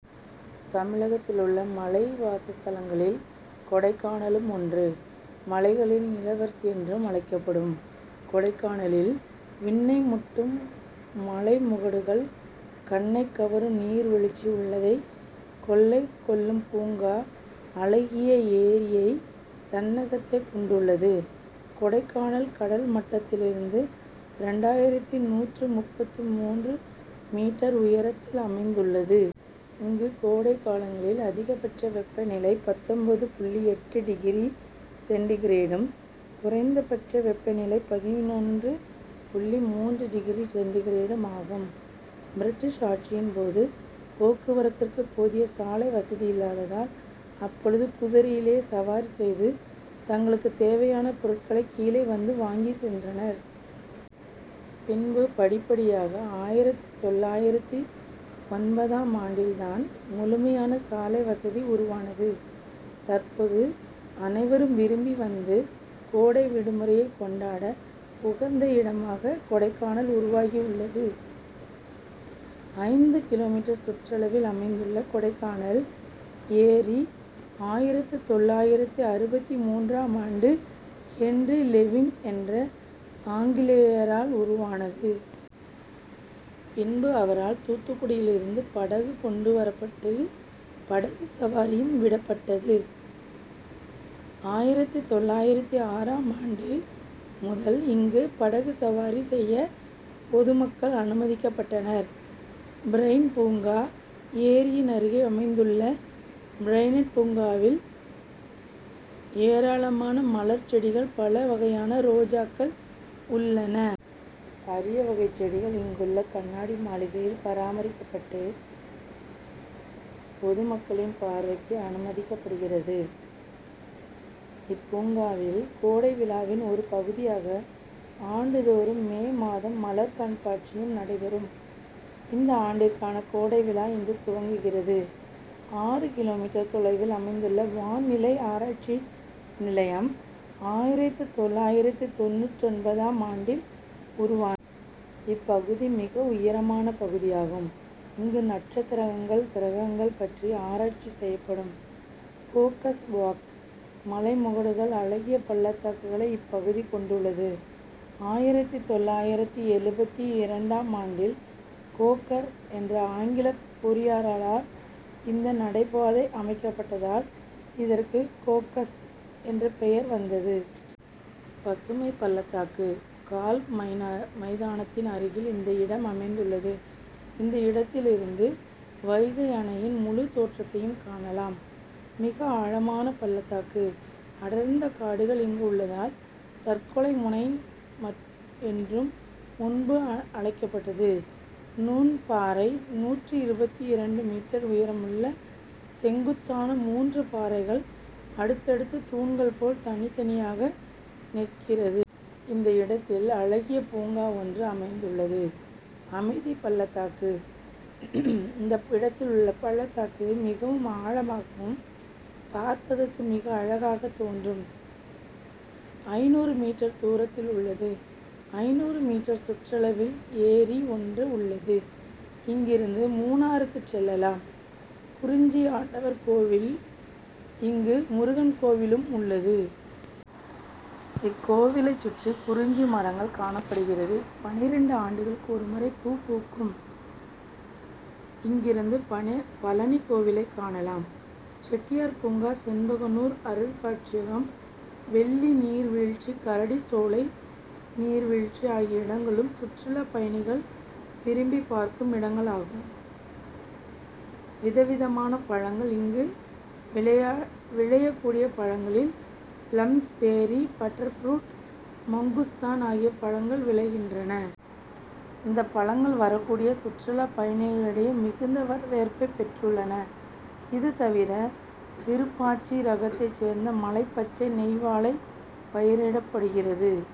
தமிழகத்திலுள்ள மலை வாசஸ்தலங்களில் கொடைக்கானலும் ஒன்று. மலைகளின் இளவரசி என்றும் அழைக்கப்படும் கொடைக்கானலில் விண்ணை முட்டும் மலைமுகடுகள் கண்ணைக்கவரும் நீர்வீழ்ச்சி உள்ளத்தை கொள்ளை கொள்ளும் பூங்கா அழகிய ஏரியை தன்னகத்தே கொண்டுள்ளது. கொடைக்கானல் கடல் மட்டத்திலிருந்து இரண்டாயிரத்து நூற்று முப்பத்து மூன்று மீட்டர் உயரத்தில் அமைந்துள்ளது. இங்கு கோடை காலங்களில் அதிகபட்ச வெப்பநிலை பத்தொன்பது புள்ளி எட்டு டிகிரி சென்டிகிரேடும் குறைந்தபட்ச வெப்பநிலை பதினொன்று புள்ளி மூன்று டிகிரி சென்டிகிரேடும் ஆகும். பிரிட்டிஷ் ஆட்சியின் போது போக்குவரத்திற்கு போதிய சாலை வசதியில்லாததால் அப்போது குதிரையிலே சவாரி செய்து தங்களுக்கு தேவையான பொருட்களை கீழே வந்து வாங்கிச்சென்றனர். பின்பு படிப்படியாக ஆயிரத்து தொள்ளாயிரத்து ஒன்பதாம் ஆண்டில்தான் முழுமையான சாலை வசதி உருவானது. தற்போது அனைவரும் விரும்பி வந்து கோடை விடுமுறையை கொண்டாட உகந்த இடமாக கொடைக்கானல் உருவாகியுள்ளது. ஐந்து கிலோமீட்டர் சுற்றளவில் அமைந்துள்ள கொடைக்கானல் ஏரி ஆயிரத்து தொள்ளாயிரத்து அறுபத்து மூன்றாம் ஆண்டு ஹென்றி லெவிங்க் என்ற ஆங்கிலேயரால் உருவானது. பின்பு அவரால் தூத்துக்குடியிலிருந்து படகு கொண்டு வரப்பட்டு படகு சவாரியும் விடப்பட்டது. ஆயிரத்து தொள்ளாயிரத்து ஆறாம் ஆண்டு முதல் இங்கு படகு சவாரி செய்ய பொதுமக்கள் அனுமதிக்கப்பட்டனர். பிரையண்ட் பூங்கா: ஏரியின் அருகே அமைந்துள்ள பிரையண்ட் பூங்காவில் ஏராளமான மலர் செடிகள் பல வகையான ரோஜாக்கள் உள்ளது. அரிய வகை செடிகள் இங்குள்ள கண்ணாடி மாளிகையில் பராமரிக்கப்பட்டு பொதுமக்களின் பார்வைக்கு அனுமதிக்கப்படுகிறது. இப்பூங்காவில் கோடைவிழாவின் ஒரு பகுதியாக ஆண்டுதோறும் மே மாதம் மலர் கண்காட்சியும் நடைபெறும். இந்த ஆண்டிற்கான கோடை விழா இன்று துவங்குகிறது. ஆறு கிலோமீட்டர் தொலைவில் அமைந்துள்ள வான்நிலை ஆராய்ச்சி நிலையம் ஆயிரத்து தொள்ளாயிரத்து தொண்ணூற்றொன்பதாம் ஆண்டில் உருவானது. இப்பகுதி மிக உயரமான பகுதியாகும். இங்கு நட்சத்திரங்கள் கிரகங்கள் பற்றி ஆராய்ச்சி செய்யப்படும். கோக்கர்ஸ் வாக்: மலைமுகடுகள் அழகிய பள்ளத்தாக்குகளை இப்பகுதி கொண்டுள்ளது. ஆயிரத்து தொள்ளாயிரத்து எழுபத்து இரண்டாம் ஆண்டில் கோக்கர் என்ற ஆங்கில பொறியாளரால் இந்த நடைபாதை அமைக்கப்பட்டதால் இதற்கு கோக்கர்ஸ் என்ற பெயர் வந்தது. பசுமை பள்ளத்தாக்கு: கால்ப் மைதானத்தின் அருகில் இந்த இடம் அமைந்துள்ளது. இந்த இடத்தில் இருந்து வைகை அணையின் முழு தோற்றத்தையும் காணலாம். மிக ஆழமான பள்ளத்தாக்கு அடர்ந்த காடுகள் இங்கு உள்ளதால் தற்கொலை முனை என்றும் முன்பு அழைக்கப்பட்டது. தூண்பாறை: நூற்று இருபத்தி இரண்டு மீட்டர் உயரமுள்ள செங்குத்தான மூன்று பாறைகள் அடுத்தடுத்து தூண்கள் போல் தனித்தனியாக நிற்கிறது. இந்த இடத்தில் அழகிய பூங்கா ஒன்று அமைந்துள்ளது. அமைதிபள்ளத்தாக்கு: இந்த இடத்தில் உள்ள பள்ளத்தாக்கு மிகவும் ஆழமாகவும் பார்ப்பதற்கு மிக அழகாக தோன்றும். ஐந்நூறு மீட்டர் தூரத்தில் உள்ளது. ஐந்நூறு மீட்டர் சுற்றளவில் ஏரி ஒன்று உள்ளது. இங்கிருந்து மூணாறுக்கு செல்லலாம். குறிஞ்சியாண்டவர் கோவில்: இங்கு முருகன் கோவிலும் உள்ளது. இக்கோவிலை சுற்றி குறிஞ்சி மரங்கள் காணப்படுகிறது. பன்னிரண்டு ஆண்டுகளுக்கு ஒரு முறை பூ பூக்கும். இங்கிருந்து பழநி கோவிலை காணலாம். செட்டியார் பூங்கா செண்பகனூர் அருங்காட்சியகம் வெள்ளி நீர்வீழ்ச்சி கரடி சோலை நீர்வீழ்ச்சி ஆகிய இடங்களும் சுற்றுலா பயணிகள் விரும்பி பார்க்கும் இடங்களாகும். விதவிதமான பழங்கள்: இங்கு விளையக்கூடிய பழங்களில் பிளம்ஸ் பேரி பட்டர்புரூட் மங்குஸ்தான் ஆகிய பழங்கள் விளைகின்றன. இந்த பழங்கள் வரக்கூடிய சுற்றுலா பயணிகளிடையே மிகுந்த வரவேற்பை பெற்றுள்ளன. இது தவிர விருப்பாச்சி ரகத்தை சேர்ந்த மலை பச்சை நெய்வாழை பயிரிடப்படுகிறது.